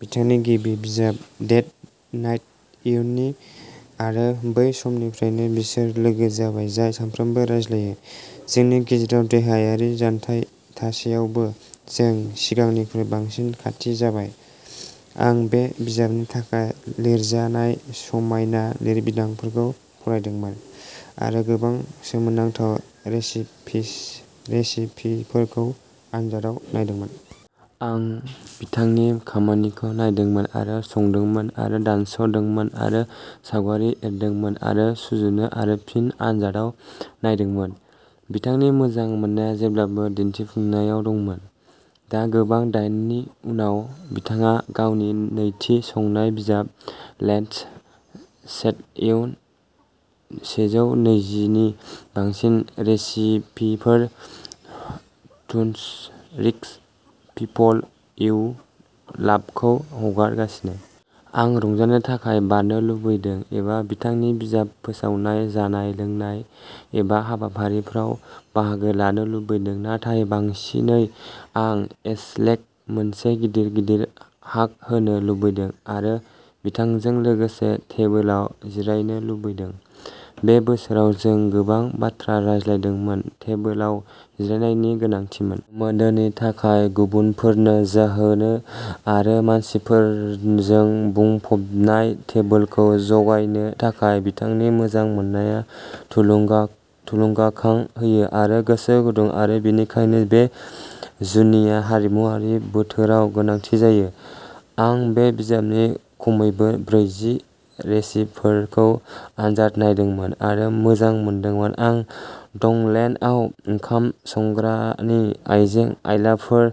बिथांनि गिबि बिजाब डेट नाइट इयुननि, आरो बै समनिफ्रायनो बिसोर लोगो जाबाय, जाय सानफ्रोमबो रायज्लायो। जोंनि गेजेराव देहायारि जानथाय थासेयावबो, जों सिगांनिख्रुइ बांसिन खाथि जाबाय। आं बे बिजाबनि थाखा लिरजानाय समायना लिरबिदांफोरखौ फरायदोंमोन, आरो गोबां सोमोनांथाव रेसिपिस रेसिपिफोरखौ आनजादाव नायदोंमोन। आं बिथांनि खामानिखौ नायदोंमोन आरो संदोंमोन आरो दानस' दोंमोन आरो सावगारि एरदोंमोन आरो सुजुनो आरो फिन आनजादाव नायदोंमोन, बिथांनि मोजां मोननाया जेब्लाबो दिन्थिफुंनायाव दंमोन। दा, गोबां दाइननि उनाव, बिथाङा गावनि नैथि संनाय बिजाब, लेट्स सेट इयुन सेजौ नैजिनि बांसिन रेसिपिफोर टुन्स रिक्श पिपल इउ लाभखौ हगारगासिनो! आं रंजानो थाखाय बानो लुबैदो, एबा बिथांनि बिजाब फोसावनाय जानाय लोंनाय एबा हाबाफारिफ्राव बाहागो लानो लुबैदों, नाथाय बांसिनै आं एशलेटखौ मोनसे गिदिर, गिदिर हाग होनो लुबैदों आरो बिथांजों लोगोसे टेबोलाव जिरायनो लुबैदों। बे बोसोराव जों गोबां बाथ्रा रायज्लायदोंमोन, टेबोलाव जिरायनायनि गोनांथिमोन। मोन्दोनि थाखाय, गुबुनफोरनो जोहोनो, आरो मानसिफोरजों बुंफबनाय टेबोलखौ जगायनो थाखाय बिथांनि मोजां मोननाया थुलुंगा-थुलुंगाखां होयो आरो गोसो गुदुं आरो बेनिखायनो बे जुनिया हारिमुआरि बोथोराव गोनांथि जायो। आं बे बिजाबनि खमैबो ब्रैजि रेसिफोरखौ आनजाद नायदोंमोन आरो मोजां मोनदोंमोन, आं टंलेन्डआव ओंखाम संग्रानि आइजें आइलाफोर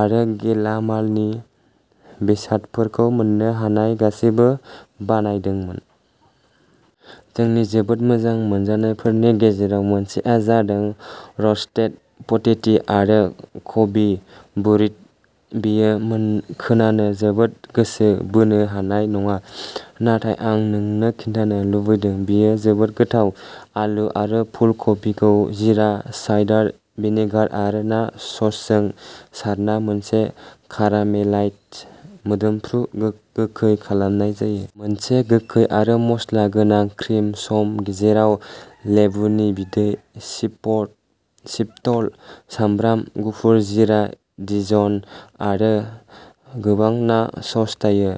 आरो गेलामालनि बेसादफोरखौ मोननो हानाय गासैबो बानायदोंमोन। जोंनि जोबोद मोजां मोनजानायफोरनि गेजेराव मोनसेआ जादों रस्टेड पटेटी आरो कबि बुरिट। बेयो मोन खोनानो जोबोद गोसो बोनो हानाय नङा, नाथाय आं नोंनो खिन्थानो लुबैदों, बेयो जोबोद गोथाव! आलु आरो फुलकफिखौ जीरा, साइडार भिनेगार आरो ना ससजों सारना मोनसे कारामेलाइज्ड, मोदोमफ्रु गो-गोखै खालामनाय जायो। मोनसे गोखै आरो मस्ला गोनां क्रिम सम जेराव लेबुनि बिदै, चिपट चिपटल, सामब्राम गुफुर, जीरा, डिजन आरो गोबां ना सस थायो,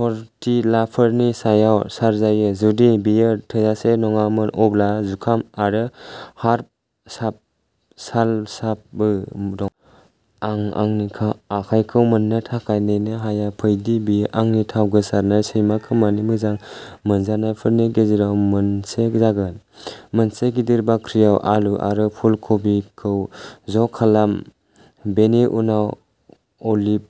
टर्टिलाफोरनि सायाव सारजायो। जुदि बेयो थोजासे नङामोन, अब्ला जुखाम आरो हार्ब साब सालसाबो दं! आं आंनिखा आखायखौ मोन्नो थाखाय नेनो हाया, फै दि बेयो आंनि थाव गोसारनाय, सैमा खोमानि मोजां मोनजानायफोरनि गेजेराव मोनसे जागोन। मोनसे गिदिर बाख्रियाव आलु आरो फुलकबिखौ ज' खालाम। बेनि उनाव अलिभ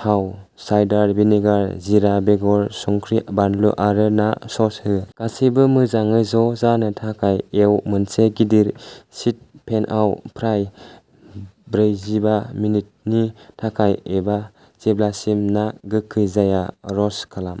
थाव, साइडार भिनेगार, जीरा बेगर, संख्रि, बानलु आरो ना सस हो। गासैबो मोजाङै ज' जानो थाखाय एव। मोनसे गिदिर शीट पेनआव फ्राय ब्रैजिबा मिनिटनि थाखाय एबा जेब्लासिम ना गोखै जाया र'स्ट खालाम।